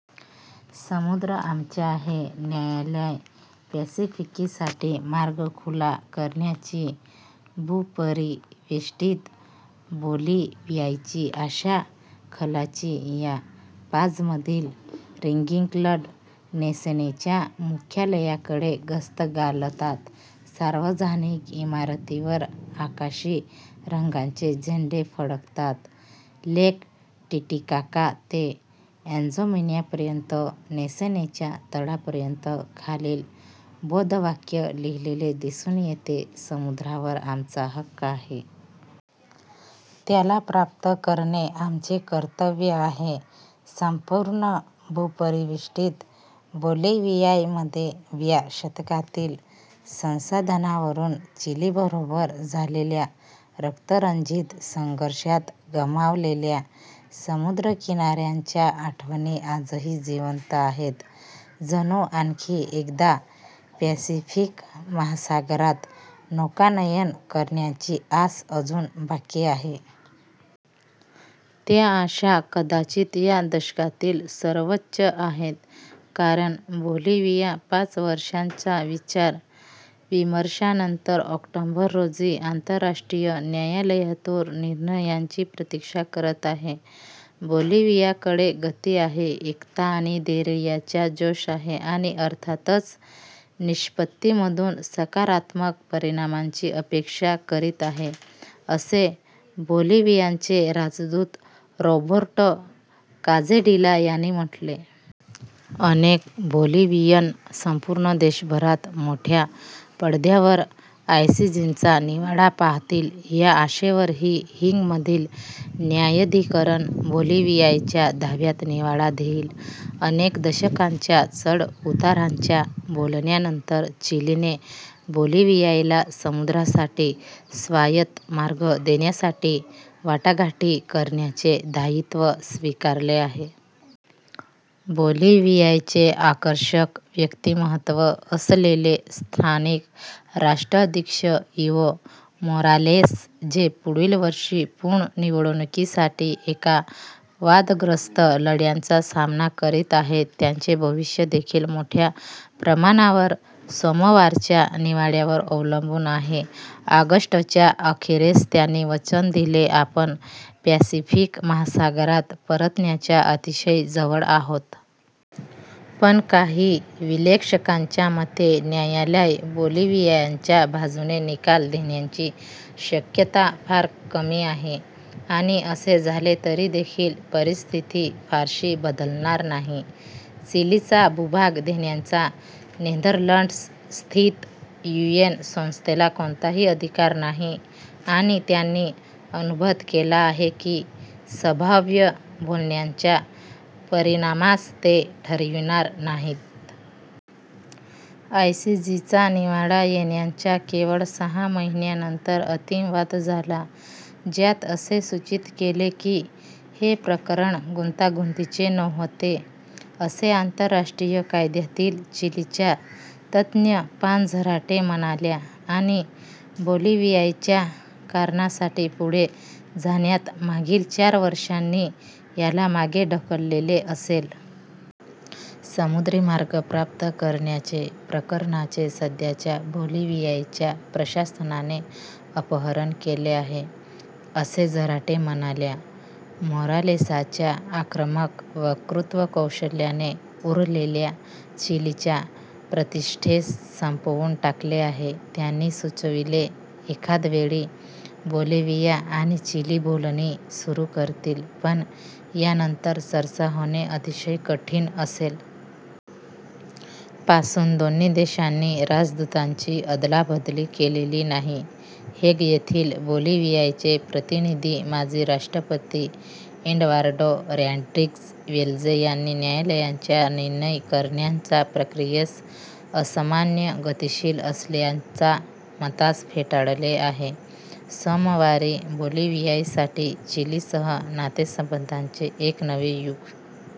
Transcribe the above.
'समुद्र आमचे आहे':न्यायालय पॅसिफिकसाठी मार्ग खुला करण्याची भूपरिवेष्टित बोलिव्हियाची आशा. खलाशी ला पाझमधील रिगिंग-क्लॅड नौसेनेच्या मुख्यालयाकडे गस्त घालतात. सार्वजनिक इमारतींवर आकाशी रंगाचे झेंडे फडकतात. लेक टीटीकाका ते अॅमेझॉनपर्यंत नौसेनेच्या तळापर्यंत खालील बोधवाक्य लिहिलेले दिसून येते: "समुद्रावर आमचा हक्क आहे. त्याला प्राप्त करणे आमचे कर्तव्य आहे. " संपूर्ण भूपरिवेष्टित बोलिव्हियामध्ये व्या शतकातील संसाधनांवरून चिलीबरोबर झालेल्या रक्तरंजित संघर्षात गमावलेल्या समुद्रकिनाऱ्याच्या आठवणी आजही जिवंत आहेत- जणू आणखी एकदा पॅसिफिक महासागरात नौकानयन करण्याची आस अजून बाकी आहे. त्या आशा कदाचित या दशकातील सर्वोच्च आहेत, कारण बोलिव्हिया पाच वर्षांच्या विचार-विमर्शानंतर ऑक्टोबर रोजी आंतरराष्ट्रीय न्यायालयातून निर्णयाची प्रतीक्षा करत आहे. "बोलिव्हियाकडे गति आहे, एकता आणि धैर्याचा जोश आहे, आणि अर्थातच निष्पत्तीमधून सकारात्मक परिणामाची अपेक्षा करीत आहे," असे बोलिव्हियाचे राजदूत रॉबर्टो काझेडिला यांनी म्हटले. अनेक बोलिव्हियन संपूर्ण देशभरात मोठ्या पडद्यावर आयसीजचा निवाडा पाहतील, या आशेवर की हेगमधील न्यायाधिकरण बोलिव्हियाच्या दाव्यात निवाडा देईल – अनेक दशकांच्या चढ-उताराच्या बोलण्यांनंतर – चिलीने बोलिव्हियाला समुद्रासाठी स्वायत्त मार्ग देण्यासाठी वाटाघाटी करण्याचे दायित्त्व स्वीकारले आहे. बोलिव्हियाचे आकर्षक व्यक्तिमत्व असलेले स्थानिक राष्ट्राध्यक्ष इव्हो मोरालेस – जे पुढील वर्षी पुनः निवडणुकांसाठी एका वादग्रस्त लढ्याचा सामना करीत आहेत – त्यांचे भविष्य देखील मोठ्या प्रमाणावर सोमवारच्या निवाड्यावर अवलंबून आहे. ऑगस्टच्या अखेरीस त्यांनी वचन दिले, "आपण पॅसिफिक महासागरात परतण्याच्या अतिशय जवळ आहोत. " पण काही विश्लेषकांच्या मते न्यायालय बोलिव्हियाच्या बाजूने निकाल देण्याची शक्यता फार कमी आहे – आणि असे झाले तरी देखील परिस्थिती फारशी बदलणार नाही. चिलीचा भूभाग देण्याचा नेदरलँड्स-स्थित यूएन संस्थेला कोणताही अधिकार नाही, आणि त्यांनी अनुबंध केला आहे की संभाव्य बोलण्यांच्या परिणामास ते ठरविणार नाहीत. आयसीजेचा निवडा येण्याच्या केवळ सहा महिन्यानंतर अंतिम वाद झाला, ज्यात असे सूचित केले की हे प्रकरण "गुंतागुंतीचे नव्हते," असे आंतरराष्ट्रीय कायद्यातील चीलीच्या तज्ज्ञ पाझ झराटे म्हणाल्या. आणि बोलिव्हियाच्या कारणासाठी पुढे जाण्यात, मागील चार वर्षांनी याला मागे ढकलले असेल. "समुद्री मार्ग प्राप्त करण्याचे प्रकरणाचे सध्याच्या बोलिव्हियाच्या प्रशासनाने अपहरण केले आहे," असे झराटे म्हणाल्या. मोरालेसच्या आक्रमक वक्तृत्वकौशल्याने उरलेल्या चिलीच्या प्रतिष्ठेस संपवून टाकले आहे, त्यांनी सुचविले. एखाद वेळी बोलिव्हिया आणि चिली बोलणी सुरु करतील, पण यानंतर चर्चा होणे अतिशय कठीण असेल. पासून दोन्ही देशांनी राजदूतांची अदलाबदली केलेली नाही. हेग येथील बोलिव्हियाचे प्रतिनिधी, माजी राष्ट्रपती एड्वार्डो रॉड्रिग्ज वेल्झे यांनी न्यायालयाच्या निर्णय करण्याच्या प्रक्रियेस असामान्य गतिशील असल्याच्या मतास फेटाळले आहे. "सोमवारी बोलिव्हियासाठी चिलीसह नातेसंबंधांचे एक नवे युग